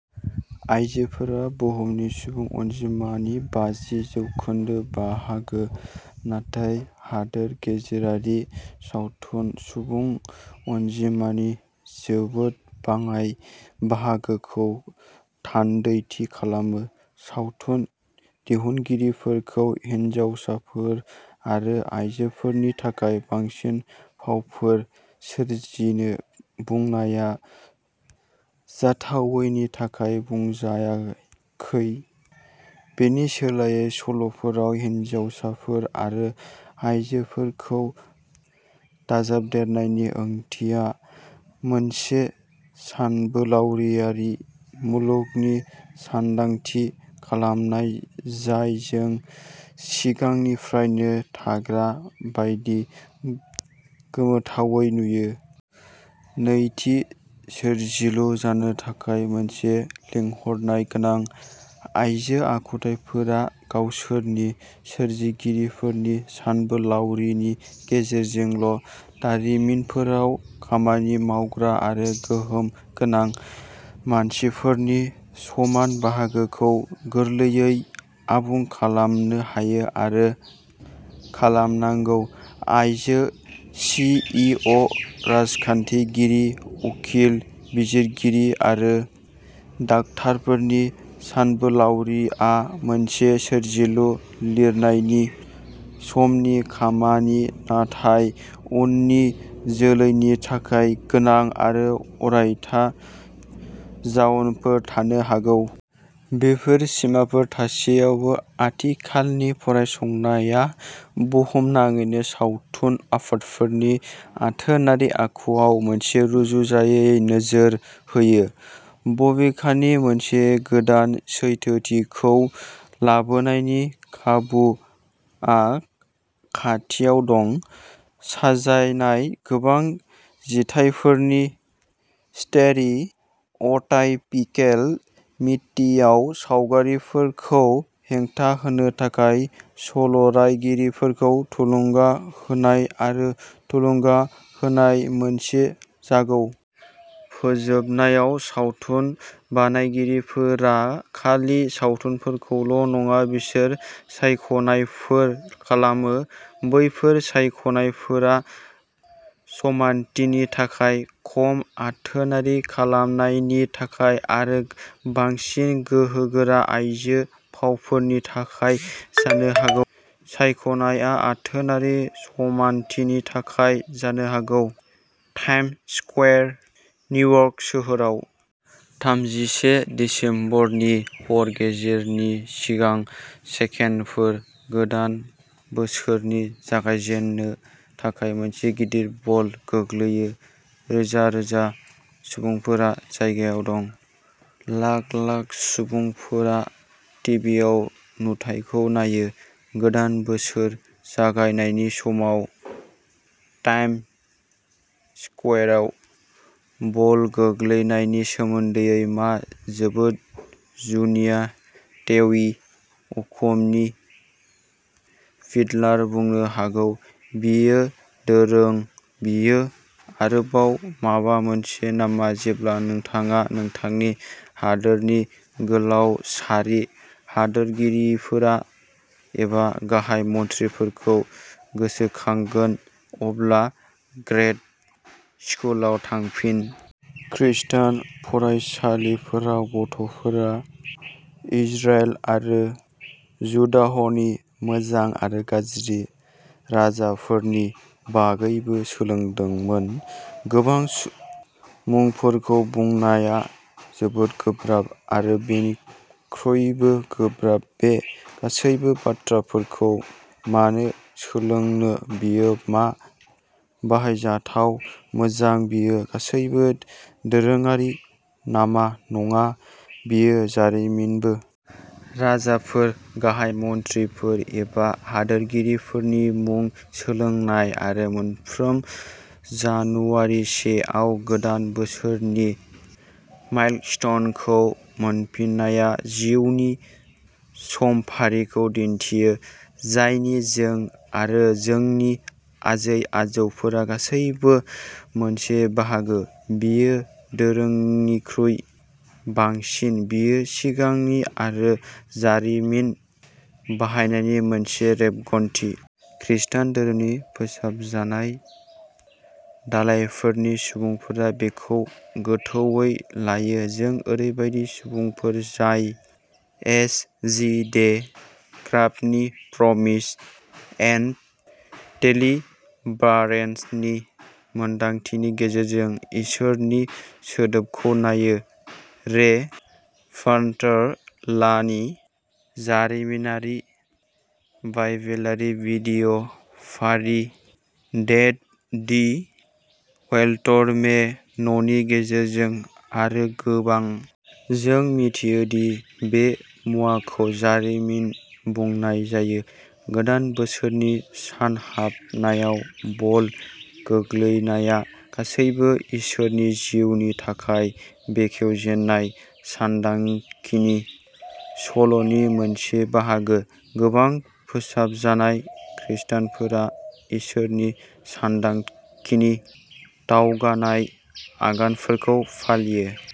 आयजोफोरा बुहुमनि सुबुं अनजिमानि बाजि जौखोन्दो बाहागो, नाथाय हादोर गेजेरारि सावथुन सुबुं अनजिमानि जोबोद बाङाइ बाहागोखौ थान्दैथि खालामो। सावथुन दिहुनगिरिफोरखौ हिनजावसाफोर आरो आइजोफोरनि थाखाय बांसिन फावफोर सोरजिनो बुंनाया जाथावैनि थाखाय बुंजायाखै। बेनि सोलायै, सल'फोराव हिनजावसाफोर आरो आइजोफोरखौ दाजाबदेरनायनि ओंथिया मोनसे सानबोलावरियारि मुलुगनि सानदांथि खालामनाय, जाय जों सिगांनिफ्रायनो थाग्रा बायदि गोमोथावै नुयो। नैथि, सोरजिलु जानो थाखाय मोनसे लिंहरनाय गोनां। आइजो आखुथाइफोरा गावसोरनि सोरजिगिरिफोरनि सानबोलावरिनि गेजेरजोंल' दारिमिनफोराव खामानि मावग्रा आरो गोहोम गोनां मासिफोरनि समान बाहागोखौ गोरलैयै आबुं खालामनो हायो आरो खालामनांगौ। आइजो सि इ अ राजखान्थिगिरि, उखिल, बिजिरगिरि आरो डाक्टारफोरनि सानबोलावरिआ मोनसे सोरजिलु-लिरनायनि समनि खामानि, नाथाय उननि जोलैनि थाखाय गोनां आरो अरायथा जाउनफोर थानो हागौ। बेफोर सिमाफोर थासेयावबो, आथिखालनि फरायसंनाया बुहुमनाङै सावथुन आयदाफोरनि आथोनारि आखुआव मोनसे रुजुजायै नोजोर होयो। बबेखानि, मोनसे गोदान सैथोथिखौ लाबोनायनि खाबुआ खाथियाव दं। साजायनाय। गोबां जिथाइफोरनि स्टेरिअ'टाइपिकेल मिडिया सावगारिफोरखौ हेंथा होनो थाखाय सल'रायगिरिफोरखौ थुलुंगा होनाय आरो थुलुंगा होनाय मोनसे जागौ। जोबनायाव, सावथुन बानायगिरिफोरा खालि सावथुनफोरल' नङा, बिसोर सायख'नायफोर खालामो। बैफोर सायख'नायफोरा समानथिनि थाखाय, खम आथोनारि खालामनायनि थाखाय, आरो बांसिन गोहोगोरा आइजो फावफोरनि थाखाय जानो हागौ। सायख'नायआ आथोनारि समानथिनि थाखाय जानो हागौ। टाइम्स स्कुवेर निउयर्क सोहोराव। थामजिसे दिसेम्बरनि हर गेजेरनि सिगां सेकेन्डफोर। गोदान बोसोरनि जागायजेन्नो थाखाय मोनसे गिदिर बल गोग्लैयो। रोजा-रोजा सुबुंफोरा जायगायाव दं। लाख-लाख सुबुंफोरा टिभिआव नुथायखौ नायो। गोदान बोसोर जागायनायनि समाव टाइम्स स्कुवेराव बल गोग्लैनायनि सोमोन्दै मा जोबोद जुनिया टेवि, उखुमनि फिडलार बुंनो हागौ, बेयो दोरों बेयो आरोबाव माबा मोनसे नामा जेब्ला नोंथाङा नोंथांनि हादोरनि गोलाव सारि हादोरगिरिफोर एबा गाहाय मन्थ्रिफोरखौ गोसोखांगोन, अब्ला ग्रेड स्कुलाव थांफिन। खृस्टान फरायसालिफोराव गथ'फोरा इजराइल आरो जुडाहनि मोजां आरो गाज्रि राजाफोरनि बागैबो सोलोंदोंमोन। गोबां मुंफोरखौ बुंनाया जोबोद गोब्राब। आरो बेनिख्रुइबो गोब्राब बे गासैबो बाथ्राफोरखौ मानो सोलोंनो बेयो मा बाहायजाथाव मोजां बेयो गासैबो दोरोङारि नामा नङा, बेयो जारिमिनबो। राजाफोर, गाहाय मन्थ्रिफोर, एबा हादोरगिरिफोरनि मुं सोलोंनाय आरो मोनफ्रोम जानुवारि से आव गोदान बोसोरनि माइलस्टोनखौ मोनफिननाया जिउनि समफारिखौ दिन्थियो, जायनि जों-आरो जोंनि आजै-आजौफोरा गासैबो मोनसे बाहागो। बेयो दोरोंनिख्रुइ बांसिन। बेयो सिगांनि आरो जारिमिन बानायनायनि मोनसे रेबगान्थि। खृष्टान धोरोमनि फोसाबजानाय दालायफोरनि सुबुंफोरा बेखौ गोथौवै लायो। जों ओरैबायदि सुबुंफोर जाय एस जि डे ग्राफनि प्रमिस एन्ड डेलिभारेन्सनि मोनदांथिनि गेजेरजों इसोरनि सोदोबखौ नायो, रे भान्डार लाननि जारिमिनारि-बाइबेलारि भिडिय' फारि देट दि वर्ल्ड मे न'नि गेजेरजों, आरो गोबां। जों मिथियो दि बे मुवाखौ जारिमिन बुंनाय जायो। गोदान बोसोरनि सान हाबायाव बल गोग्लैनाया गासैबो इसोरनि जिउनि थाखाय बेखेवजेननाय सानथांखिनि सल'नि मोनसे बाहागो। गोबां फोसाबजानाय खृष्टानफोरा इसोरनि सानथांखिनि दावगानाय आगानफोरखौ फालियो।